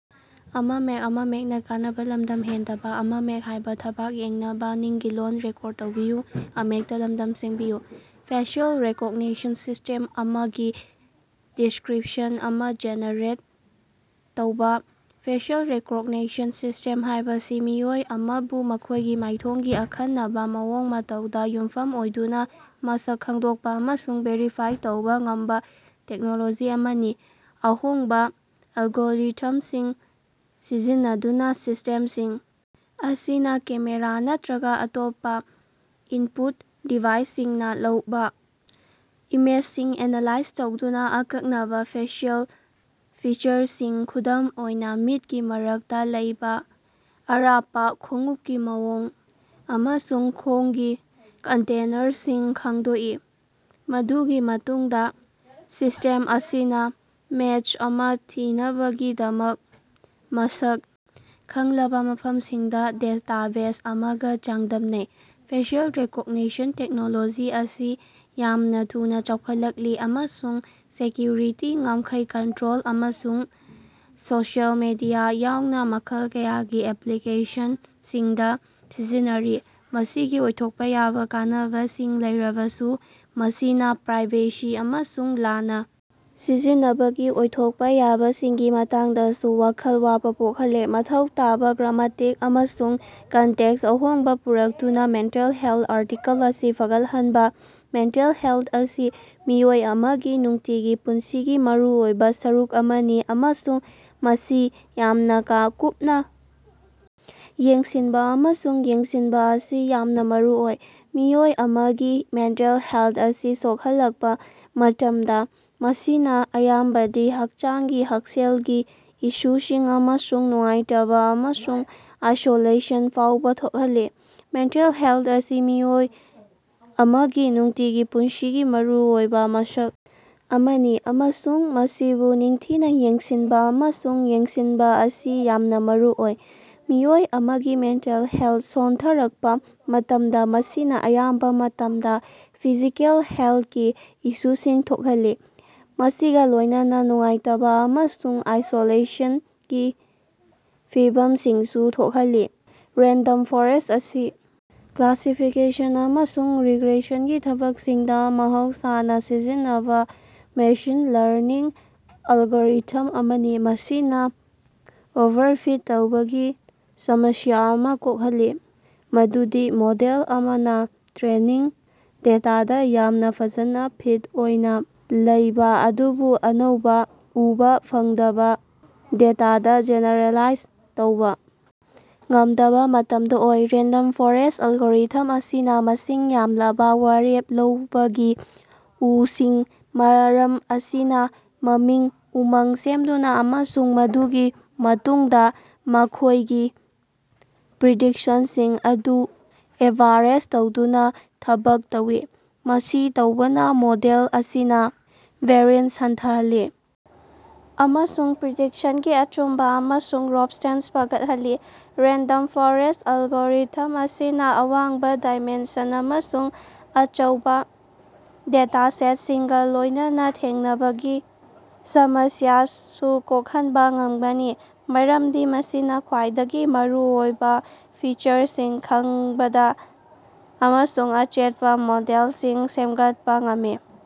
Facial recognition system ꯑꯃꯒꯤ description ꯑꯃ generate ꯇꯧꯕ꯫ ꯐꯦꯁꯤꯑꯦꯜ ꯔꯤꯀꯒꯅꯤꯁꯟ ꯁꯤꯁ꯭ꯇꯦꯝ ꯍꯥꯏꯕꯁꯤ ꯃꯤꯑꯣꯏ ꯑꯃꯕꯨ ꯃꯈꯣꯏꯒꯤ ꯃꯥꯏꯊꯣꯡꯒꯤ ꯑꯈꯟꯅꯕ ꯃꯑꯣꯡ ꯃꯇꯧꯗ ꯌꯨꯝꯐꯝ ꯑꯣꯏꯗꯨꯅ ꯃꯁꯛ ꯈꯪꯗꯣꯛꯄ ꯑꯃꯁꯨꯡ ꯚꯦꯔꯤꯐꯥꯏ ꯇꯧꯕ ꯉꯝꯕ ꯇꯦꯛꯅꯣꯂꯣꯖꯤ ꯑꯃꯅꯤ꯫ ꯑꯍꯣꯡꯕ ꯑꯦꯂꯒꯣꯔꯤꯊꯃꯁꯤꯡ ꯁꯤꯖꯤꯟꯅꯗꯨꯅ ꯁꯤꯁ꯭ꯇꯦꯝꯁꯤꯡ ꯑꯁꯤꯅ ꯀꯦꯃꯦꯔꯥ ꯅꯠꯇ꯭ꯔꯒ ꯑꯇꯣꯞꯄ ꯏꯅꯄꯨꯠ ꯗꯤꯚꯥꯏꯁꯁꯤꯡꯅ ꯂꯧꯕ ꯏꯃꯦꯖꯁꯤꯡ ꯑꯦꯅꯥꯂꯥꯏꯖ ꯇꯧꯗꯨꯅ ꯑꯀꯛꯅꯕ ꯐꯦꯁꯤꯑꯦꯜ ꯐꯤꯆꯔꯁꯤꯡ, ꯈꯨꯗꯝ ꯑꯣꯏꯅ ꯃꯤꯠꯀꯤ ꯃꯔꯛꯇ ꯂꯩꯕ ꯑꯔꯥꯞꯄ ꯈꯣꯡꯎꯄꯀꯤ ꯃꯑꯣꯡ ꯑꯃꯁꯨꯡ ꯈꯣꯡꯒꯤ ꯀꯟꯇꯦꯅꯔꯁꯤꯡ ꯈꯪꯗꯣꯛꯏ꯫ ꯃꯗꯨꯒꯤ ꯃꯇꯨꯡꯗ ꯁꯤꯁ꯭ꯇꯦꯝ ꯑꯁꯤꯅ ꯃꯦꯆ ꯑꯃ ꯊꯤꯅꯕꯒꯤꯗꯃꯛ ꯃꯁꯛ ꯈꯪꯂꯕ ꯃꯐꯝꯁꯤꯡꯒꯤ ꯗꯦꯇꯥꯕꯦꯖ ꯑꯃꯒ ꯆꯥꯡꯗꯝꯅꯩ꯫ ꯐꯦꯁꯤꯑꯦꯜ ꯔꯤꯀꯣꯒꯅꯤꯁꯟ ꯇꯦꯛꯅꯣꯂꯣꯖꯤ ꯑꯁꯤ ꯌꯥꯝꯅ ꯊꯨꯅ ꯆꯥꯎꯈꯠꯂꯛꯂꯤ ꯑꯃꯁꯨꯡ ꯁꯦꯀ꯭ꯌꯨꯔꯤꯇꯤ, ꯉꯝꯈꯩ ꯀꯟꯇꯔꯣꯜ, ꯑꯃꯁꯨꯡ ꯁꯣꯁꯤꯑꯦꯜ ꯃꯦꯗꯤꯌꯥ ꯌꯥꯎꯅ ꯃꯈꯜ ꯀꯌꯥꯒꯤ ꯑꯦꯞꯂꯤꯀꯦꯁꯟꯁꯤꯡꯗ ꯁꯤꯖꯤꯟꯅꯔꯤ꯫ ꯃꯁꯤꯒꯤ ꯑꯣꯏꯊꯣꯛꯄ ꯌꯥꯕ ꯀꯥꯟꯅꯕꯁꯤꯡ ꯂꯩꯔꯕꯁꯨ ꯃꯁꯤꯅ ꯄ꯭ꯔꯥꯏꯚꯦꯁꯤ ꯑꯃꯁꯨꯡ ꯂꯥꯟꯅ ꯁꯤꯖꯤꯟꯅꯕꯒꯤ ꯑꯣꯏꯊꯣꯛꯄ ꯌꯥꯕꯁꯤꯡꯒꯤ ꯃꯇꯥꯡꯗꯁꯨ ꯋꯥꯈꯜ ꯋꯥꯕ ꯄꯣꯛꯍꯜꯂꯦ꯫ ꯃꯊꯧ ꯇꯥꯕ ꯒ꯭ꯔꯥꯃꯇꯤꯛ ꯑꯃꯁꯨꯡ ꯀꯟꯇꯦꯛꯁꯇ ꯑꯍꯣꯡꯕ ꯄꯨꯔꯛꯇꯨꯅ ꯃꯦꯟꯇꯦꯜ ꯍꯦꯜꯊ ꯑꯥꯔꯇꯤꯀꯜ ꯑꯁꯤ ꯐꯒꯠꯍꯟꯕ꯫ ꯃꯦꯟꯇꯦꯜ ꯍꯦꯜꯊ ꯑꯁꯤ ꯃꯤꯑꯣꯏ ꯑꯃꯒꯤ ꯅꯨꯡꯇꯤꯒꯤ ꯄꯨꯟꯁꯤꯒꯤ ꯃꯔꯨꯑꯣꯏꯕ ꯁꯔꯨꯛ ꯑꯃꯅꯤ꯫ ꯑꯃꯁꯨꯡ ꯃꯁꯤ ꯌꯥꯝꯅ ꯀꯨꯞꯅ ꯌꯦꯡꯁꯤꯟꯕ ꯑꯃꯁꯨꯡ ꯌꯦꯡꯁꯤꯟꯕ ꯑꯁꯤ ꯌꯥꯝꯅ ꯃꯔꯨꯑꯣꯏ꯫ ꯃꯤꯑꯣꯏ ꯑꯃꯒꯤ ꯃꯦꯟꯇꯦꯜ ꯍꯦꯂꯊ ꯑꯁꯤ ꯁꯣꯛꯍꯜꯂꯛꯄ ꯃꯇꯝꯗ ꯃꯁꯤꯅ ꯑꯌꯥꯝꯕꯗꯤ ꯍꯛꯆꯥꯡꯒꯤ ꯍꯛꯁꯦꯜꯒꯤ ꯏꯁꯨꯁꯤꯡ ꯑꯃꯁꯨꯡ ꯅꯨꯡꯉꯥꯏꯇꯕ ꯑꯃꯁꯨꯡ ꯑꯥꯏꯁꯣꯂꯦꯁꯟ ꯐꯥꯎꯕ ꯊꯣꯛꯍꯜꯂꯤ꯫ ꯃꯦꯟꯇꯦꯜ ꯍꯦꯜꯊ ꯑꯁꯤ ꯃꯤꯑꯣꯏ ꯑꯃꯒꯤ ꯅꯨꯡꯇꯤꯒꯤ ꯄꯨꯟꯁꯤꯒꯤ ꯃꯔꯨꯑꯣꯏꯕ ꯃꯁꯛ ꯑꯃꯅꯤ ꯑꯃꯁꯨꯡ ꯃꯁꯤꯕꯨ ꯅꯤꯡꯊꯤꯅ ꯌꯦꯡꯁꯤꯟꯕ ꯑꯃꯁꯨꯡ ꯌꯦꯡꯁꯤꯟꯕ ꯑꯁꯤ ꯌꯥꯝꯅ ꯃꯔꯨꯑꯣꯏ꯫ ꯃꯤꯑꯣꯏ ꯑꯃꯒꯤ ꯃꯦꯟꯇꯦꯜ ꯍꯦꯂꯊ ꯁꯣꯟꯊꯔꯛꯄ ꯃꯇꯝꯗ, ꯃꯁꯤꯅ ꯑꯌꯥꯝꯕ ꯃꯇꯝꯗ ꯐꯤꯖꯤꯀꯦꯜ ꯍꯦꯂꯊꯀꯤ ꯏꯁꯨꯁꯤꯡ ꯊꯣꯛꯍꯜꯂꯤ꯫ ꯃꯁꯤꯒ ꯂꯣꯏꯅꯅ ꯅꯨꯡꯉꯥꯏꯇꯕ ꯑꯃꯁꯨꯡ ꯑꯥꯏꯁꯣꯂꯦꯁꯟꯒꯤ ꯐꯤꯚꯝꯁꯤꯡꯁꯨ ꯊꯣꯛꯍꯜꯂꯤ꯫ ꯔꯦꯟꯗꯝ ꯐꯣꯔꯦꯁ꯭ꯠ ꯑꯁꯤ ꯀ꯭ꯂꯥꯁꯤꯐꯤꯀꯦꯁꯟ ꯑꯃꯁꯨꯡ ꯔꯤꯒ꯭ꯔꯦꯁꯟꯒꯤ ꯊꯕꯛꯁꯤꯡꯗ ꯃꯍꯧꯁꯥꯅ ꯁꯤꯖꯤꯟꯅꯕ ꯃꯦꯁꯤꯟ ꯂꯔꯅꯤꯡ ꯑꯦꯂꯒꯣꯔꯤꯊꯝ ꯑꯃꯅꯤ꯫ ꯃꯁꯤꯅ ꯑꯣꯚꯔꯐꯤꯠ ꯇꯧꯕꯒꯤ ꯁꯃꯁ꯭ꯌꯥ ꯑꯁꯤ ꯀꯣꯛꯍꯜꯂꯤ꯫ ꯃꯗꯨꯗꯤ ꯃꯣꯗꯦꯜ ꯑꯃꯅ ꯇ꯭ꯔꯦꯅꯤꯡ ꯗꯦꯇꯥꯗꯥ ꯌꯥꯝꯅ ꯐꯖꯅ ꯐꯤꯠ ꯑꯣꯏꯅ ꯂꯩꯕꯥ ꯑꯗꯨꯕꯨ ꯑꯅꯧꯕ, ꯎꯕ ꯐꯪꯗꯕ ꯗꯦꯇꯥꯗ ꯖꯦꯅꯦꯔꯦꯂꯥꯏꯖ ꯇꯧꯕ ꯉꯝꯗꯕ ꯃꯇꯝꯗ ꯑꯣꯏ꯫ ꯔꯦꯟꯗꯝ ꯐꯣꯔꯦꯁ꯭ꯠ ꯑꯦꯂꯒꯣꯔꯤꯊꯝ ꯑꯁꯤꯅ ꯃꯁꯤꯡ ꯌꯥꯝꯂꯕ ꯋꯥꯔꯦꯞ ꯂꯧꯕꯒꯤ ꯎꯁꯤꯡ ꯃꯔꯝ ꯑꯁꯤꯅ ꯃꯃꯤꯡ, ꯎꯃꯪ ꯁꯦꯝꯗꯨꯅ ꯑꯃꯁꯨꯡ ꯃꯗꯨꯒꯤ ꯃꯇꯨꯡꯗ ꯃꯈꯣꯏꯒꯤ ꯄ꯭ꯔꯤꯗꯤꯛꯁꯟꯁꯤꯡ ꯑꯗꯨ ꯑꯦꯚꯥꯔꯦꯖ ꯇꯧꯗꯨꯅ ꯊꯕꯛ ꯇꯧꯏ꯫ ꯃꯁꯤ ꯇꯧꯕꯅ ꯃꯣꯗꯦꯜ ꯑꯁꯤꯅ ꯚꯦꯔꯤꯑꯦꯟꯁ ꯍꯟꯊꯍꯜꯂꯤ ꯑꯃꯁꯨꯡ ꯄ꯭ꯔꯤꯗꯤꯛꯁꯟꯒꯤ ꯑꯆꯨꯝꯕ ꯑꯃꯁꯨꯡ ꯔꯣꯕꯁ꯭ꯇꯦꯟꯁ ꯐꯒꯠꯍꯜꯂꯤ꯫ ꯔꯦꯟꯗꯝ ꯐꯣꯔꯦꯁ꯭ꯠ ꯑꯦꯂꯒꯣꯔꯤꯊꯝ ꯑꯁꯤꯅ ꯑꯋꯥꯡꯕ ꯗꯥꯏꯃꯦꯟꯁꯟ ꯑꯃꯁꯨꯡ ꯑꯆꯧꯕ ꯗꯦꯇꯥꯁꯦꯠꯁꯤꯡꯒ ꯂꯣꯏꯅꯅ ꯊꯦꯡꯅꯕꯒꯤ ꯁꯃꯁ꯭ꯌꯥꯁꯨ ꯀꯣꯛꯍꯟꯕ ꯉꯝꯒꯅꯤ꯫ ꯃꯔꯝꯗꯤ ꯃꯁꯤꯅ ꯈ꯭ꯋꯥꯏꯗꯒꯤ ꯃꯔꯨꯑꯣꯏꯕ ꯐꯤꯆꯔꯁꯤꯡ ꯈꯟꯕꯗ ꯑꯃꯁꯨꯡ ꯑꯆꯦꯠꯄ ꯃꯣꯗꯦꯜꯁꯤꯡ ꯁꯦꯝꯒꯠꯄ ꯉꯝꯃꯤ꯫